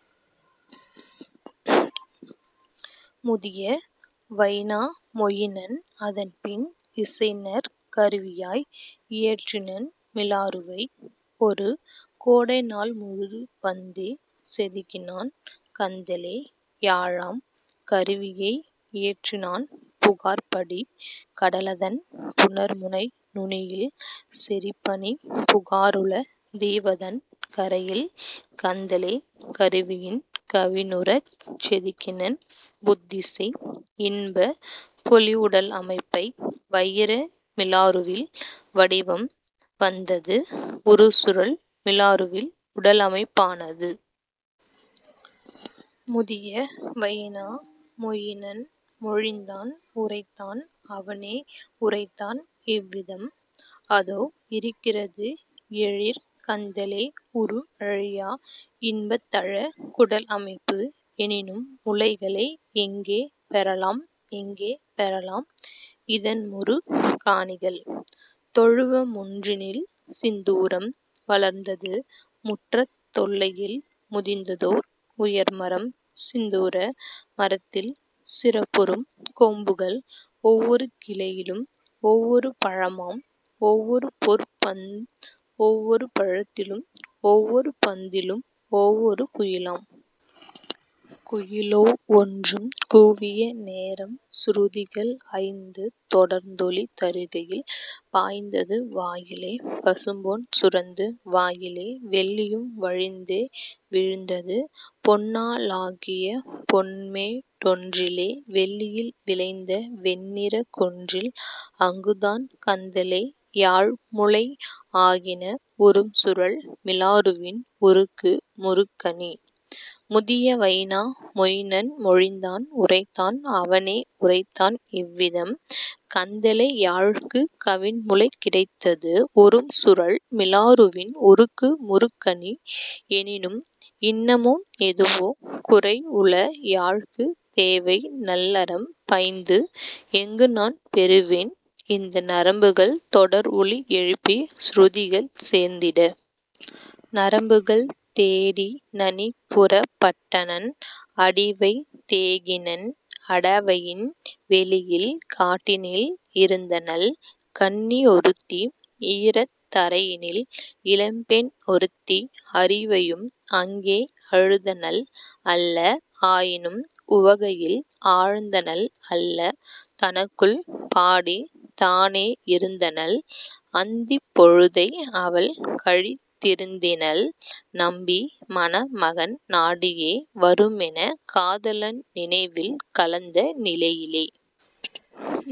" முதிய Väinämöinen அதன்பின்। இசைநற் கருவியாய் இயற்றினன் மிலாறுவை; ஒருகோடை நாள்முழு துவந்தே செதுக்கினான் கந்தலே யாழாம் கருவியை இயற்றினான் புகார்படி கடலதன் புணர்முனை நுனியில் செறிபனிப் புகாருள தீவதன் கரையில் கந்தலே கருவியின் கவினுருச் செதுக்கினன் புத்திசை இன்பப் பொலிவுட லமைப்பை வைர மிலாறுவில் வடிவம் வந்தது உறுசுருள் மிலாறுவில் உடலமைப் பானது. முதிய வைனா மொயினன் மொழிந்தான் உரைத்தான் அவனே உரைத்தான் இவ்விதம்: "அதோஇருக் கிறது எழிற்கந் தலேயுரு அழியா இன்பத் தழகுட லமைப்பு எனினும் முளைகளை எங்கே பெறலாம் எங்கே பெறலாம் இதன்முறுக் காணிகள்? " தொழுவமுன் றிலில்சிந் தூரம் வளர்ந்தது முற்றத் தெல்லையில் முதிர்ந்ததோர் உயர்மரம் சிந்துர மரத்தில் சிறப்புறும் கொம்புகள் ஒவ்வொரு கிளையிலும் ஒவ்வொரு பழமாம் ஒவ்வொரு பொற்பந் தொவ்வொரு பழத்திலும் ஒவ்வோர் பந்திலும் ஒவ்வொரு குயிலாம். குயிலொவ் வொன்றும் கூவிய நேரம் சுருதிகள் ஐந்து தொடர்ந்தொலி தருகையில் பாய்ந்தது வாயிலே பசும்பொன் சுரந்து வாயிலே வெள்ளியும் வழிந்தே வீழ்ந்தது பொன்னா லாகிய பொன்மே டொன்றிலே வெள்ளியில் விளைந்த வெண்ணிறக் குன்றில் அங்குதான் கந்தலே யாழ்முளை ஆகின உறும்சுருள் மிலாறுவின் உருக்கு முறுக்கணி. முதிய வைனா மொயினன் மொழிந்தான் உரைத்தான் அவனே உரைத்தான் இவ்விதம்: "கந்தலே யாழ்க்குக் கவின்முளை கிடைத்தது உறும்சுருள் மிலாறுவின் உருக்கு முறுக்கணி எனினும் இன்னமும் எதுவோ குறையுள யாழ்க்குத் தேவை நல்நரம் பைந்து; எங்குநான் பெறுவேன் இந்த நரம்புகள் தொடர்ஒலி எழுப்பிச் சுருதிகள் சேர்த்திட? " நரம்புகள் தேடி நனிபுறப் பட்டனன் அடிவைத் தேகினன் அடவியின் வெளியில் காட்டினில் இருந்தனள் கன்னி யொருத்தி ஈரத் தரையினில் இளம்பெண் ணொருத்தி அரிவையும் அங்கே அழுதனள் அல்ல ஆயினும் உவகையில் ஆழ்ந்தனள் அல்ல தனக்குள் பாடித் தானே யிருந்தனள் அந்திப் பொழுதை அவள்கழித் திருந்தனள் நம்பி மணமகன் நாடியே வருமென காதலன் நினைவில் கலந்த நிலையிலே.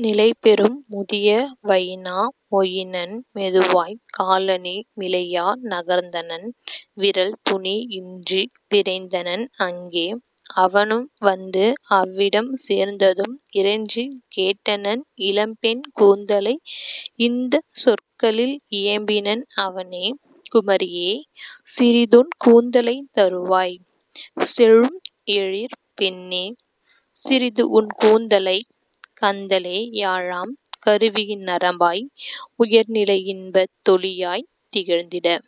நிலைபெறும் முதிய வைனா மொயினன் மெதுவாய்க் காலணி மிலையா நகர்ந்தனன் விரல்துணி யின்றி விரைந்தனன் அங்கே; அவனும் வந்து அவ்விடம் சேர்ந்ததும் இறைஞ்சிக் கேட்டனன் இளம்பெண் கூந்தலை இந்தச் சொற்களில் இயம்பினன் அவனே: "குமரியே, சிறிதுன் கூந்தலைத் தருவாய்! செழும்எழிற் பெண்ணே, சிறிதுஉன் கூந்தலை! கந்தலே யாழாம் கருவியின் நரம்பாய் உயர்நிலை இன்பத் தொலியாய்த் திகழ்ந்திட! "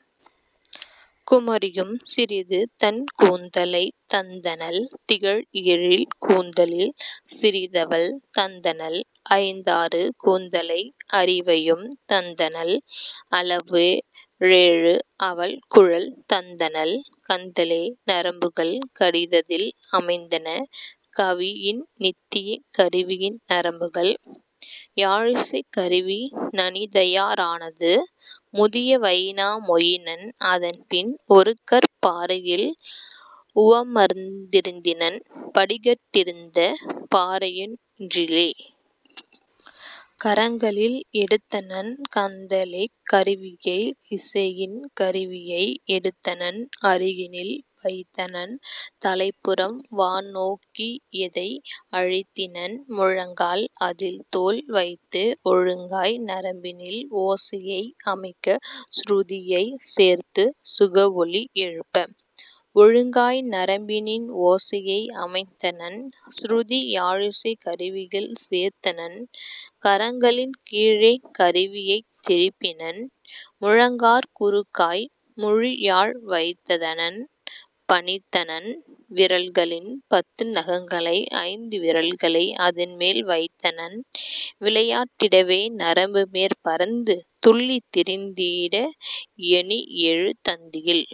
குமரியும் சிறிதுதன் கூந்தலைத் தந்தனள் திகழ்எழிற் கூந்தலில் சிறிதவள் தந்தனள் ஐந்தாறு கூந்தலை அரிவையும் தந்தனள் அளவோ ரேழு அவள்குழல் தந்தனள் கந்தலே நரம்புகள் கடிததில் அமைந்தன கவின்இன் நித்தியக் கருவியின் நரம்புகள். யாழிசைக் கருவி நனிதயா ரானது; முதிய வைனா மொயினன் அதன்பின் ஒருகற் பாறையில் உவந்தமர்ந் திருந்தனன் படிக்கட் டிருந்த பாறையொன் றினிலே. கரங்களில் எடுத்தனன் கந்தலேக் கருவியை இசைஇன் கருவியை எடுத்தனன் அருகினில் வைத்தனன் தலைப்புறம் வான்நோக் கியேயதை அழுத்தினன் முழங்கால் அதில்தோள் வைத்து ஒழுங்காய் நரம்பினில் ஓசையை அமைக்க சுருதியைச் சேர்த்து சுகஒலி எழுப்ப. ஒழுங்காய் நரம்பினின் ஓசையை அமைத்தனன் சுருதி யாழிசைக் கருவியில் சேர்த்தனன் கரங்களின் கீழே கருவியைத் திருப்பினன் முழங்காற் குறுக்காய் முழுயாழ் வைத்தனன் பணித்தனன் விரல்களின் பத்து நகங்களை ஐந்து விரல்களை அதன்மேல் வைத்தனன் விளையா டிடவே நரம்புமேற் பறந்து துள்ளித் திரிந்திடத் தொனியெழு தந்தியில்.